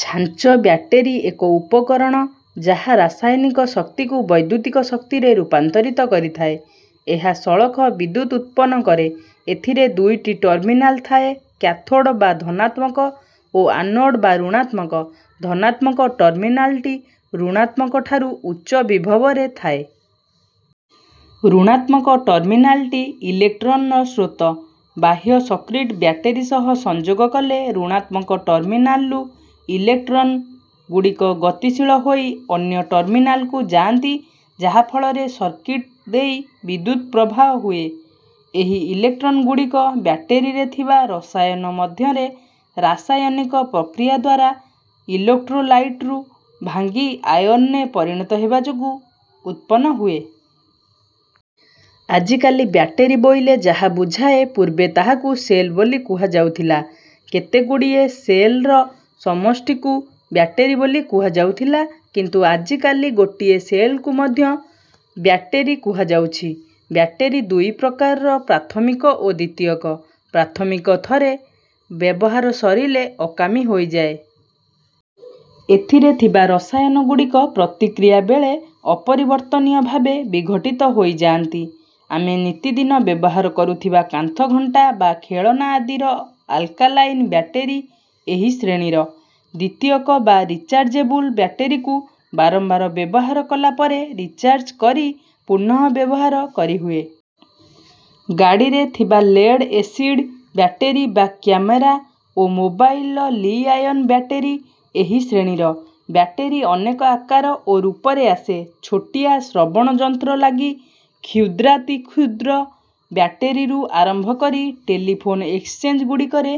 ଛାଞ୍ଚ ବ୍ୟାଟେରୀ ଏକ ଉପକରଣ ଯାହା ରସାୟନିକ ଶକ୍ତିକୁ ବୈଦ୍ୟୁତିକ ଶକ୍ତିରେ ରୂପାନ୍ତରିତ କରିଥାଏ। ଏହା ସଳଖ ବିଦ୍ୟୁତ୍ ଉତ୍ପନ୍ନ କରେ। ଏଥିରେ ଦୁଇଟି ଟର୍ମିନାଲ ଥାଏ କ୍ୟାଥୋଡ଼ ବା ଧନାତ୍ମକ ଓ ଆନୋଡ଼ ବା ଋଣାତ୍ମକ। ଧନାତ୍ମକ ଟର୍ମିନାଲଟି ଋଣାତ୍ମକ ଠାରୁ ଉଚ୍ଚ ବିଭବ ରେ ଥାଏ। ଋଣାତ୍ମକ ଟର୍ମିନାଲଟି ଇଲେକ୍ଟ୍ରନର ସ୍ରୋତ। ବାହ୍ୟ ସର୍କିଟ ବ୍ୟାଟେରୀ ସହ ସଂଯୋଗ କଲେ, ଋଣାତ୍ମକ ଟର୍ମିନାଲରୁ ଇଲେକ୍ଟ୍ରନ ଗୁଡ଼ିକ ଗତିଶୀଳ ହୋଇ ଅନ୍ୟ ଟର୍ମିନାଲକୁ ଯାଆନ୍ତି ଯାହା ଫଳରେ ସର୍କିଟ ଦେଇ ବିଦ୍ୟୁତ୍ ପ୍ରବାହ ହୁଏ। ଏହି ଇଲେକ୍ଟ୍ରନ ଗୁଡ଼ିକ ବ୍ୟାଟେରୀରେ ଥିବା ରସାୟନ ମଧ୍ୟରେ ରାସାୟନିକ ପ୍ରକ୍ରିୟାଦ୍ୱାରା ଇଲେକ୍ଟ୍ରୋଲାଇଟ୍ ରୁ ଭାଙ୍ଗି ଆୟନରେ ପରିଣତ ହେବା ଯୋଗୁଁ ଉତ୍ପନ୍ନ ହୁଏ। ଆଜିକାଲି ବ୍ୟାଟେରୀ ବୋଇଲେ ଯାହା ବୁଝାଏ, ପୂର୍ବେ ତାହାକୁ ସେଲ୍ ବୋଲି କୁହାଯାଉଥିଲା। କେତେ ଗୁଡ଼ିଏ ସେଲ୍ ର ସମଷ୍ଟିକୁ ବ୍ୟାଟେରୀ ବୋଲି କୁହାଯାଉଥିଲା, କିନ୍ତୁ ଆଜିକାଲି ଗୋଟିଏ ସେଲ କୁ ମଧ୍ୟ ବ୍ୟାଟେରୀ କୁହାଯାଉଛି। ବ୍ୟାଟେରୀ ଦୁଇ ପ୍ରକାରର ପ୍ରାଥମିକ ଓ ଦ୍ୱିତୀୟକ। ପ୍ରାଥମିକ ଥରେ ବ୍ୟବହାର ସରିଲେ ଅକାମୀ ହୋଇଯାଏ। ଏଥିରେ ଥିବା ରସାୟନ ଗୁଡ଼ିକ ପ୍ରତିକ୍ରିୟା ବେଳେ ଅପରିବର୍ତ୍ତନୀୟ ଭାବେ ବିଘଟିତ ହୋଇଯାଆନ୍ତି। ଆମେ ନିତିଦିନ ବ୍ୟବହାର କରୁଥିବା କାନ୍ଥଘଣ୍ଟା ବା ଖେଳଣା ଆଦିର ଆଲକାଲାଇନ ବ୍ୟାଟେରୀ ଏହି ଶ୍ରେଣୀର। ଦ୍ୱିତୀୟକ ବା ରିଚାର୍ଜେବଲ ବ୍ୟାଟେରୀକୁ ବାରମ୍ବାର ବ୍ୟବହାର କଲା ପରେ ରିଚାର୍ଜ କରି ପୁନଃବ୍ୟବହାର କରିହୁଏ। ଗାଡ଼ିରେ ଥିବା ଲେଡ ଏସିଡ ବ୍ୟାଟେରୀ ବା କ୍ୟାମେରା ଓ ମୋବାଇଲର ଲି-ଆୟନ ବ୍ୟାଟେରୀ ଏହି ଶ୍ରେଣୀର। ବ୍ୟାଟେରୀ ଅନେକ ଆକାର ଓ ରୂପରେ ଆସେ। ଛୋଟିଆ ଶ୍ରବଣଯନ୍ତ୍ର ଲାଗି କ୍ଷୁଦ୍ରାତିକ୍ଷୁଦ୍ର ବ୍ୟାଟେରୀରୁ ଆରମ୍ଭ କରି ଟେଲିଫୋନ ଏକ୍ସଚେଞ୍ଜ ଗୁଡ଼ିକରେ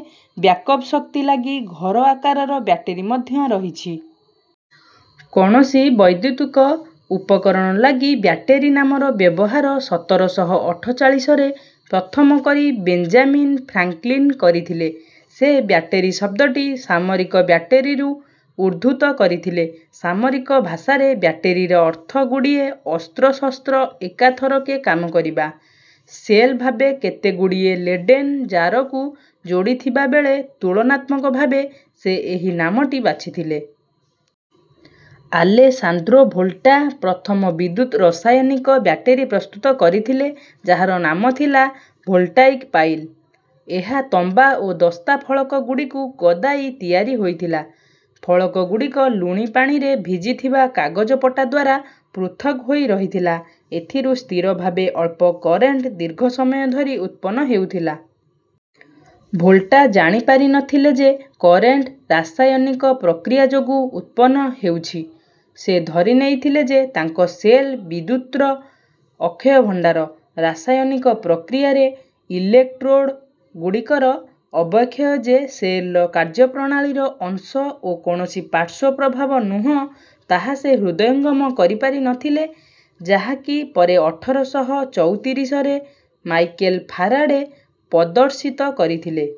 ବ୍ୟାକଅପ ଶକ୍ତି ଲାଗି ଘର ଆକାରର ବ୍ୟାଟେରୀ ମଧ୍ୟ ରହିଛି। କୌଣସି ବୈଦ୍ୟୁତିକ ଉପକରଣ ଲାଗି ବ୍ୟାଟେରୀ ନାମର ବ୍ୟବହାର ସତର ଶହ ଅଠଚାଳିଶରେ ପ୍ରଥମ କରି ବେଞ୍ଜାମିନ ଫ୍ରାଙ୍କଲିନ କରିଥିଲେ। ସେ ବ୍ୟାଟେରୀ ଶବ୍ଦଟି ସାମରିକ ବ୍ୟାଟେରୀରୁ ଉଦ୍ଧୃତ କରିଥିଲେ। ସାମରିକ ଭାଷାରେ ବ୍ୟାଟେରୀର ଅର୍ଥ ଗୁଡ଼ିଏ ଅସ୍ତ୍ର-ଶସ୍ତ୍ର ଏକାଥରକେ କାମ କରିବା। ସେଲ୍ ଭାବେ କେତେଗୁଡିଏ ଲେଡ଼େନ୍ ଜାରକୁ ଯୋଡ଼ିଥିବା ବେଳେ ତୁଳନାତ୍ମକ ଭାବେ ସେ ଏହି ନାମଟି ବାଛିଥିଲେ। ଆଲେସାନ୍ଦ୍ରୋ ଭୋଲ୍ଟା, ପ୍ରଥମ ବିଦ୍ୟୁତ୍-ରସାୟନିକ ବ୍ୟାଟେରୀ ପ୍ରସ୍ତୁତ କରିଥିଲେ, ଯାହାର ନାମ ଥିଲା ଭୋଲ୍ଟାଇକ ପାଇଲ୍। ଏହା ତମ୍ବା ଓ ଦସ୍ତା ଫଳକ ଗୁଡ଼ିକୁ ଗଦାଇ ତିଆରି ହୋଇଥିଲା। ଫଳକ ଗୁଡିକ ଲୁଣିପାଣିରେ ଭିଜିଥିବା କାଗଜପଟାଦ୍ୱାରା ପୃଥକ୍ ହୋଇ ରହିଥିଲା। ଏଥିରୁ ସ୍ଥିର ଭାବେ ଅଳ୍ପ କରେଣ୍ଟ ଦୀର୍ଘ ସମୟ ଧରି ଉତ୍ପନ୍ନ ହେଉଥିଲା। ଭୋଲ୍ଟା ଜାଣିପାରି ନଥିଲେ ଯେ କରେଣ୍ଟ, ରାସାୟନିକ ପ୍ରକ୍ରିୟା ଯୋଗୁଁ ଉତ୍ପନ୍ନ ହେଉଛି। ସେ ଧରିନେଇଥିଲେ ଯେ ତାଙ୍କ ସେଲ୍ ବିଦ୍ୟୁତ୍ର ଅକ୍ଷୟ ଭଣ୍ଡାର। ରାସାୟନିକ ପ୍ରକ୍ରିୟାରେ ଇଲେକ୍ଟ୍ରୋଡ ଗୁଡ଼ିକର ଅବକ୍ଷୟ ଯେ ସେଲ୍ର କାର୍ଯ୍ୟପ୍ରଣାଳୀର ଅଂଶ ଓ କୌଣସି ପାର୍ଶ୍ୱ ପ୍ରଭାବ ନୁହଁ ତାହା ସେ ହୃଦୟଙ୍ଗମ କରିପାରିନଥିଲେ, ଯାହାକି ପରେ ଅଠର ଶହ ଚଉତିରିଶରେ ମାଇକେଲ ଫାରାଡ଼େ ପଦର୍ଶିତ କରିଥିଲେ।